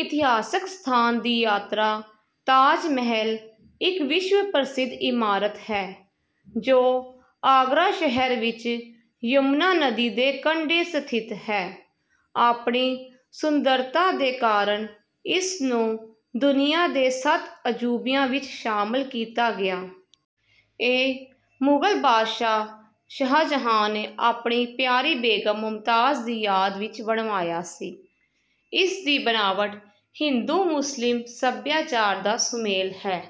ਇਤਿਹਾਸਕ ਸਥਾਨ ਦੀ ਯਾਤਰਾ ਤਾਜ ਮਹਿਲ ਇੱਕ ਵਿਸ਼ਵ ਪ੍ਰਸਿੱਧ ਇਮਾਰਤ ਹੈ ਜੋ ਆਗਰਾ ਸ਼ਹਿਰ ਵਿੱਚ ਯਮੁਨਾ ਨਦੀ ਦੇ ਕੰਢੇ ਸਥਿਤ ਹੈ। ਆਪਣੀ ਸੁੰਦਰਤਾ ਦੇ ਕਾਰਨ ਇਸਨੂੰ ਦੁਨੀਆ ਦੇ ਸੱਤ ਅਜੂਬਿਆਂ ਵਿੱਚ ਸ਼ਾਮਲ ਕੀਤਾ ਗਿਆ। ਇਹ ਮੁਗਲ ਬਾਦਸ਼ਾਹ ਸ਼ਾਹਜਹਾਂ ਨੇ ਆਪਣੀ ਪਿਆਰੀ ਬੇਗਮ ਮੁਮਤਾਜ਼ ਦੀ ਯਾਦ ਵਿੱਚ ਬਣਵਾਇਆ ਸੀ। ਇਸ ਦੀ ਬਨਾਵਟ ਹਿੰਦੂ-ਮੁਸਲਿਮ ਸੱਭਿਆਚਾਰ ਦਾ ਸੁਮੇਲ ਹੈ।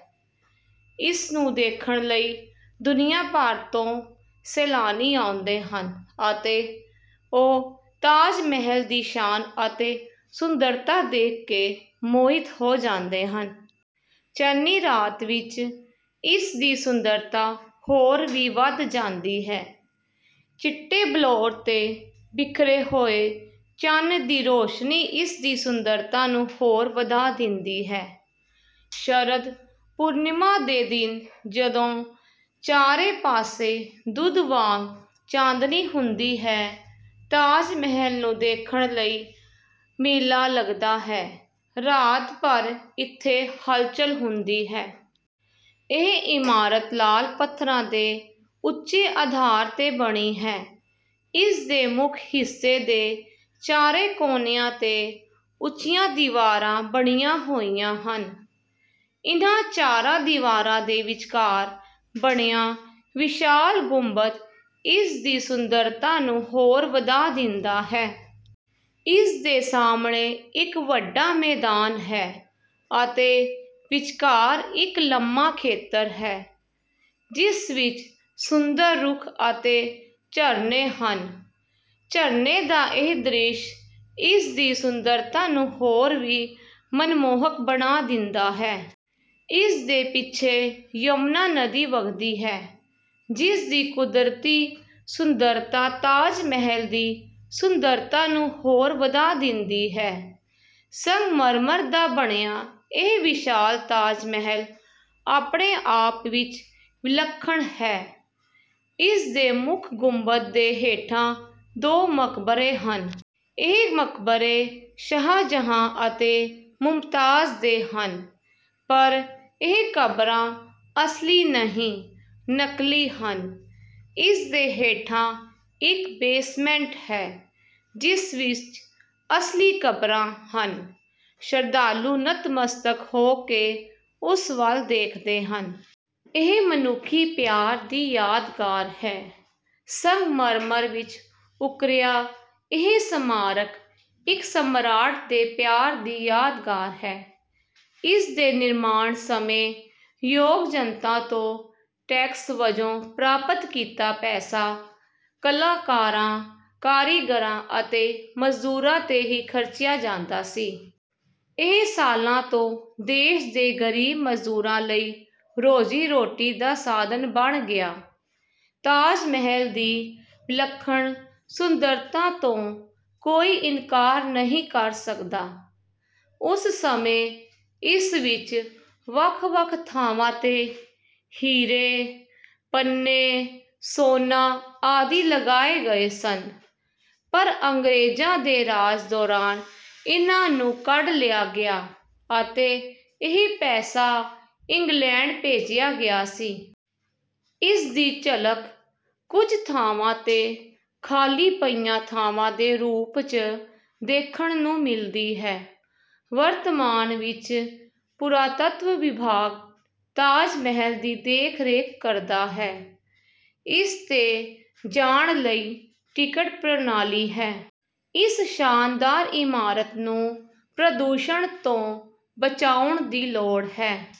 ਇਸ ਨੂੰ ਦੇਖਣ ਲਈ ਦੁਨੀਆ ਭਰ ਤੋਂ ਸੈਲਾਨੀ ਆਉਂਦੇ ਹਨ। ਅਤੇ ਉਹ ਤਾਜ ਮਹਿਲ ਦੀ ਸ਼ਾਨ ਅਤੇ ਸੁੰਦਰਤਾ ਦੇਖ ਕੇ ਮੋਹਿਤ ਹੋ ਜਾਂਦੇ ਹਨ। ਚੰਨੀ ਰਾਤ ਵਿੱਚ ਇਸ ਦੀ ਸੁੰਦਰਤਾ ਹੋਰ ਵੀ ਵੱਧ ਜਾਂਦੀ ਹੈ। ਚਿੱਟੇ ਬਲੌਰ 'ਤੇ ਬਿਖਰੇ ਹੋਏ ਚੰਨ ਦੀ ਰੌਸ਼ਨੀ ਇਸ ਦੀ ਸੁੰਦਰਤਾ ਨੂੰ ਹੋਰ ਵਧਾ ਦਿੰਦੀ ਹੈ। ਸ਼ਰਦ ਪੂਰਨਿਮਾ ਦੇ ਦਿਨ ਜਦੋਂ ਚਾਰੇ ਪਾਸੇ ਦੁੱਧ ਵਾਂਗ ਚਾਂਦਨੀ ਹੁੰਦੀ ਹੈ, ਤਾਜ ਮਹਿਲ ਨੂ ਦੇਖਣ ਲਈ ਮੇਲਾ ਲੱਗਦਾ ਹੈ, ਰਾਤ ਭਰ ਇੱਥੇ ਹਲਚਲ ਹੁੰਦੀ ਹੈ। ਇਹ ਇਮਾਰਤ ਲਾਲ ਪੱਥਰਾਂ ਦੇ ਉੱਚੇ ਅਧਾਰ 'ਤੇ ਬਣੀ ਹੈ। ਇਸ ਦੇ ਮੁੱਖ ਹਿੱਸੇ ਦੇ ਚਾਰੇ ਕੋਨਿਆਂ 'ਤੇ ਉੱਚੀਆਂ ਦੀਵਾਰਾਂ ਬਣੀਆਂ ਹੋਈਆਂ ਹਨ। ਇਨ੍ਹਾਂ ਚਾਰਾਂ ਦੀਵਾਰਾਂ ਦੇ ਵਿਚਕਾਰ ਬਣਿਆ ਵਿਸ਼ਾਲ ਗੁੰਬਦ ਇਸ ਦੀ ਸੁੰਦਰਤਾ ਨੂੰ ਹੋਰ ਵਧਾ ਦਿੰਦਾ ਹੈ। ਇਸ ਦੇ ਸਾਹਮਣੇ ਇੱਕ ਵੱਡਾ ਮੈਦਾਨ ਹੈ। ਅਤੇ ਵਿਚਕਾਰ ਇੱਕ ਲੰਮਾ ਖੇਤਰ ਹੈ, ਜਿਸ ਵਿੱਚ ਸੁੰਦਰ ਰੁੱਖ ਅਤੇ ਝਰਨੇ ਹਨ। ਝਰਨੇ ਦਾ ਇਹ ਦ੍ਰਿਸ਼ ਇਸ ਦੀ ਸੁੰਦਰਤਾ ਨੂੰ ਹੋਰ ਵੀ ਮਨਮੋਹਕ ਬਣਾ ਦਿੰਦਾ ਹੈ। ਇਸ ਦੇ ਪਿੱਛੇ ਯਮੁਨਾ ਨਦੀ ਵਗਦੀ ਹੈ, ਜਿਸ ਦੀ ਕੁਦਰਤੀ ਸੁੰਦਰਤਾ ਤਾਜ ਮਹਿਲ ਦੀ ਸੁੰਦਰਤਾ ਨੂੰ ਹੋਰ ਵਧਾ ਦਿੰਦੀ ਹੈ। ਸੰਗਮਰਮਰ ਦਾ ਬਣਿਆ ਇਹ ਵਿਸ਼ਾਲ ਤਾਜ ਮਹਿਲ ਆਪਣੇ ਆਪ ਵਿੱਚ ਵਿਲੱਖਣ ਹੈ। ਇਸ ਦੇ ਮੁੱਖ ਗੁੰਬਦ ਦੇ ਹੇਠਾਂ ਦੋ ਮਕਬਰੇ ਹਨ। ਇਹ ਮਕਬਰੇ ਸ਼ਾਹਜਹਾਂ ਅਤੇ ਮੁਮਤਾਜ਼ ਦੇ ਹਨ। ਪਰ ਇਹ ਕਬਰਾਂ ਅਸਲੀ ਨਹੀਂ, ਨਕਲੀ ਹਨ। ਇਸ ਦੇ ਹੇਠਾਂ ਇੱਕ ਬੇਸਮੈਂਟ ਹੈ, ਜਿਸ ਵਿੱਚ ਅਸਲੀ ਕਬਰਾਂ ਹਨ। ਸ਼ਰਧਾਲੂ ਨਤਮਸਤਕ ਹੋ ਕੇ ਉਸ ਵੱਲ ਵੇਖਦੇ ਹਨ। ਇਹ ਮਨੁੱਖੀ ਪਿਆਰ ਦੀ ਯਾਦਗਾਰ ਹੈ। ਸੰਗਮਰਮਰ ਵਿੱਚ ਉੱਕਰਿਆ, ਇਹ ਸਮਾਰਕ ਇੱਕ ਸਮਰਾਟ ਦੇ ਪਿਆਰ ਦੀ ਯਾਦਗਾਰ ਹੈ। ਇਸ ਦੇ ਨਿਰਮਾਣ ਸਮੇਂ, ਯੋਗ ਜਨਤਾ ਤੋਂ ਟੈਕਸ ਵਜੋਂ ਪ੍ਰਾਪਤ ਕੀਤਾ ਪੈਸਾ ਕਲਾਕਾਰਾਂ, ਕਾਰੀਗਰਾਂ ਅਤੇ ਮਜ਼ਦੂਰਾਂ 'ਤੇ ਹੀ ਖਰਚਿਆ ਜਾਂਦਾ ਸੀ। ਇਹ ਸਾਲਾਂ ਤੋਂ ਦੇਸ਼ ਦੇ ਗਰੀਬ ਮਜ਼ਦੂਰਾਂ ਲਈ ਰੋਜ਼ੀ-ਰੋਟੀ ਦਾ ਸਾਧਨ ਬਣ ਗਿਆ। ਤਾਜ ਮਹਿਲ ਦੀ ਵਿਲੱਖਣ ਸੁੰਦਰਤਾ ਤੋਂ ਕੋਈ ਇਨਕਾਰ ਨਹੀਂ ਕਰ ਸਕਦਾ। ਉਸ ਸਮੇਂ ਇਸ ਵਿਚ ਵੱਖ-ਵੱਖ ਥਾਵਾਂ 'ਤੇ ਹੀਰੇ, ਪੰਨੇ, ਸੋਨਾ ਆਦਿ ਲਗਾਏ ਗਏ ਸਨ ਪਰ ਅੰਗਰੇਜ਼ਾਂ ਦੇ ਰਾਜ ਦੌਰਾਨ ਇਨ੍ਹਾਂ ਨੂੰ ਕੱਢ ਲਿਆ ਗਿਆ ਅਤੇ ਇਹ ਪੈਸਾ ਇੰਗਲੈਂਡ ਭੇਜਿਆ ਗਿਆ ਸੀ। ਇਸ ਦੀ ਝਲਕ ਕੁਝ ਥਾਵਾਂ 'ਤੇ ਖਾਲੀ ਪਈਆਂ ਥਾਵਾਂ ਦੇ ਰੂਪ 'ਚ ਦੇਖਣ ਨੂੰ ਮਿਲਦੀ ਹੈ। ਵਰਤਮਾਨ ਵਿੱਚ, ਪੁਰਾਤੱਤਵ ਵਿਭਾਗ ਤਾਜ ਮਹਿਲ ਦੀ ਦੇਖ-ਰੇਖ ਕਰਦਾ ਹੈ। ਇਸ 'ਤੇ ਜਾਣ ਲਈ ਟਿਕਟ ਪ੍ਰਣਾਲੀ ਹੈ। ਇਸ ਸ਼ਾਨਦਾਰ ਇਮਾਰਤ ਨੂੰ ਪ੍ਰਦੂਸ਼ਣ ਤੋਂ ਬਚਾਉਣ ਦੀ ਲੋੜ ਹੈ।